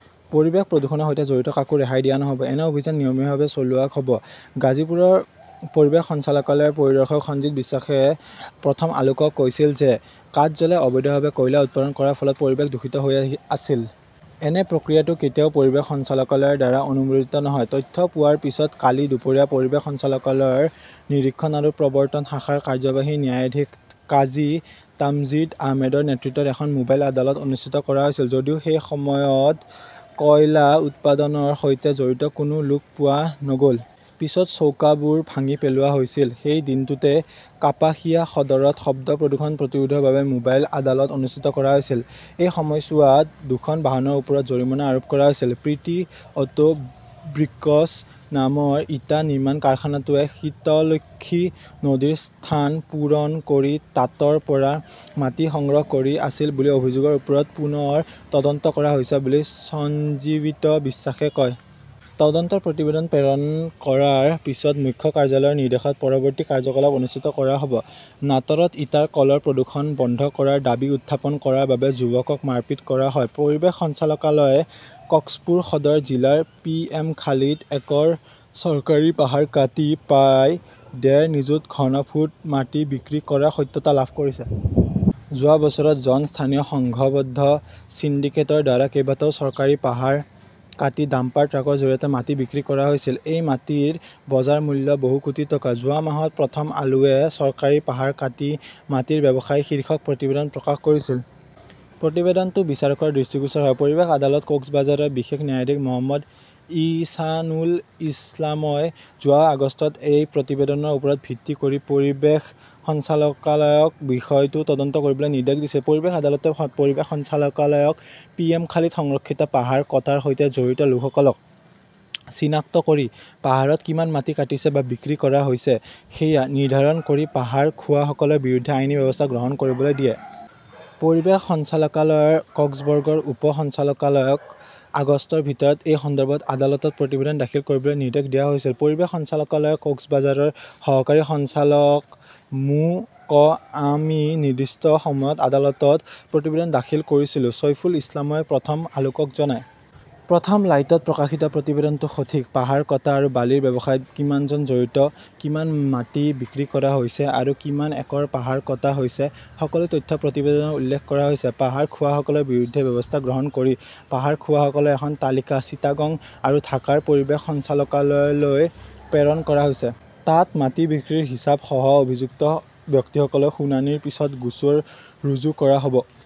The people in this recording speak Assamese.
পৰিৱেশ প্ৰদূষণৰ সৈতে জড়িত কাকো ৰেহাই দিয়া নহ'ব। এনে অভিযান নিয়মীয়াভাৱে চলোৱা হ'ব। ঘাজীপুৰৰ পৰিৱেশ সঞ্চালকালয়ৰ পৰিদৰ্শক সঞ্জিত বিশ্বাসে প্ৰথম আলোকক কৈছিল যে কাঠ জ্বলাই অবৈধভাৱে কয়লা উৎপাদন কৰাৰ ফলত পৰিৱেশ দূষিত হৈ আছিল। এনে প্ৰক্ৰিয়াটো কেতিয়াও পৰিৱেশ সঞ্চালকালয়ৰ দ্বাৰা অনুমোদিত নহয়। তথ্য পোৱাৰ পিছত কালি দুপৰীয়া পৰিৱেশ সঞ্চালকালয়ৰ নিৰীক্ষণ আৰু প্ৰবৰ্ত্তন শাখাৰ কাৰ্যবাহী ন্যায়াধীশ কাজী তামজিদ আহমেদৰ নেতৃত্বত এখন মোবাইল আদালত অনুষ্ঠিত কৰা হৈছিল; যদিও এই সময়ত কয়লা উৎপাদনৰ সৈতে জড়িত কোনো লোক পোৱা নগ'ল। পিছত চৌকাবোৰ ভাঙি পেলোৱা হৈছিল। সেই দিনটোতে কাপাসিয়া সদৰত শব্দ প্ৰদূষণ প্ৰতিৰোধৰ বাবে মোবাইল আদালত অনুষ্ঠিত কৰা হৈছিল। এই সময়ছোৱাত দুখন বাহনৰ ওপৰত জৰিমনা আৰোপ কৰা হৈছিল। প্ৰিটি অটো ব্ৰিকছ নামৰ ইটা নিৰ্মাণ কাৰখানাটোৱে শীতলক্ষ্মী নদীৰ স্থান পূৰণ কৰি তাতৰ পৰা মাটি সংগ্ৰহ কৰি আছিল বুলি অভিযোগৰ ওপৰত পুনৰ তদন্ত কৰা হৈছে বুলি সঞ্জীৱিত বিশ্বাসে কয়। তদন্তৰ প্ৰতিবেদন প্ৰেৰণ কৰাৰ পিছত মুখ্য কাৰ্যালয়ৰ নিৰ্দেশত পৰৱৰ্তী কাৰ্যকলাপ অনুষ্ঠিত কৰা হ'ব। নাটৰত ইটাৰ কলৰ প্ৰদূষণ বন্ধ কৰাৰ দাবী উত্থাপন কৰাৰ বাবে যুৱকক মাৰপিট কৰা হয় পৰিৱেশ সঞ্চালকালয়ই কক্সপুৰ সদৰ জিলাৰ পিএমখালীত একৰ চৰকাৰী পাহাৰ কাটি প্ৰায় ডেৰ নিযুত ঘনফুট মাটি বিক্ৰী কৰাৰ সত্যতা লাভ কৰিছে। যোৱা বছৰত জন স্থানীয় সংঘবদ্ধ সিন্ডিকেটৰ দ্বাৰা কেইবাটাও চৰকাৰী পাহাৰ কাটি ডাম্পাৰ ট্ৰাকৰ জৰিয়তে মাটি বিক্ৰী কৰা হৈছিল। এই মাটিৰ বজাৰ মূল্য বহু কোটি টকা। যোৱা মাহত প্ৰথম আলোৱে চৰকাৰী পাহাৰ কাটি মাটিৰ ব্যৱসায় শীৰ্ষক প্ৰতিবেদন প্ৰকাশ কৰিছিল। প্ৰতিবেদনটো বিচাৰকৰ দৃষ্টিগোচৰ হয়। পৰিৱেশ আদালত কক্সবাজাৰৰ বিশেষ ন্যায়াধীশ মহম্মদ ইহছানুল ইছলামই যোৱা আগষ্টত এই প্ৰতিবেদনৰ ওপৰত ভিত্তি কৰি পৰিৱেশ সঞ্চালকালয়ক বিষয়টো তদন্ত কৰিবলৈ নিৰ্দেশ দিছিল। পৰিৱেশ আদালতে পৰিৱেশ সঞ্চালকালয়ক পিএমখালীত সংৰক্ষিত পাহাৰ কটাৰ সৈতে জড়িত লোকসকলক চিনাক্ত কৰি পাহাৰত কিমান মাটি কাটিছে বা বিক্ৰী কৰা হৈছে সেয়া নিৰ্ধাৰণ কৰি পাহাৰ খোৱাসকলৰ বিৰুদ্ধে আইনী ব্যৱস্থা গ্ৰহণ কৰিবলৈ দিয়ে। পৰিৱেশ সঞ্চালকালয়ৰ কক্সবৰ্গৰ উপ সঞ্চালকালয়ক আগষ্টৰ ভিতৰত এই সন্দৰ্ভত আদালতত প্ৰতিবেদন দাখিল কৰিবলৈ নিৰ্দেশ দিয়া হৈছিল। পৰিৱেশ সঞ্চালকালয় কক্সবাজাৰৰ সহকাৰী সঞ্চালক মো.‌ক আমি নিৰ্দিষ্ট সময়ত আদালতত প্ৰতিবেদন দাখিল কৰিছিলো, চৈফুল ইছলামই প্ৰথম আলোকক জনায়। প্ৰথম লাইটত প্ৰকাশিত প্ৰতিবেদনটো সঠিক। পাহাৰ কটা আৰু বালিৰ ব্যৱসায়ত কিমানজন জড়িত, কিমান মাটি বিক্ৰী কৰা হৈছে আৰু কিমান একৰ পাহাৰ কটা হৈছে; সকলো তথ্য প্ৰতিবেদনত উল্লেখ কৰা হৈছে। পাহাৰ খোৱাসকলৰ বিৰুদ্ধে ব্যৱস্থা গ্ৰহণ কৰি পাহাৰ খোৱাসকলৰ এখন তালিকা চিটাগং আৰু ঢাকাৰ পৰিৱেশ সঞ্চালকালয়লৈ প্ৰেৰণ কৰা হৈছে। তাত মাটি বিক্ৰীৰ হিচাপ সহ অভিযুক্ত ব্যক্তিসকলৰ শুনানিৰ পিছত গোচৰ ৰুজু কৰা হ'ব।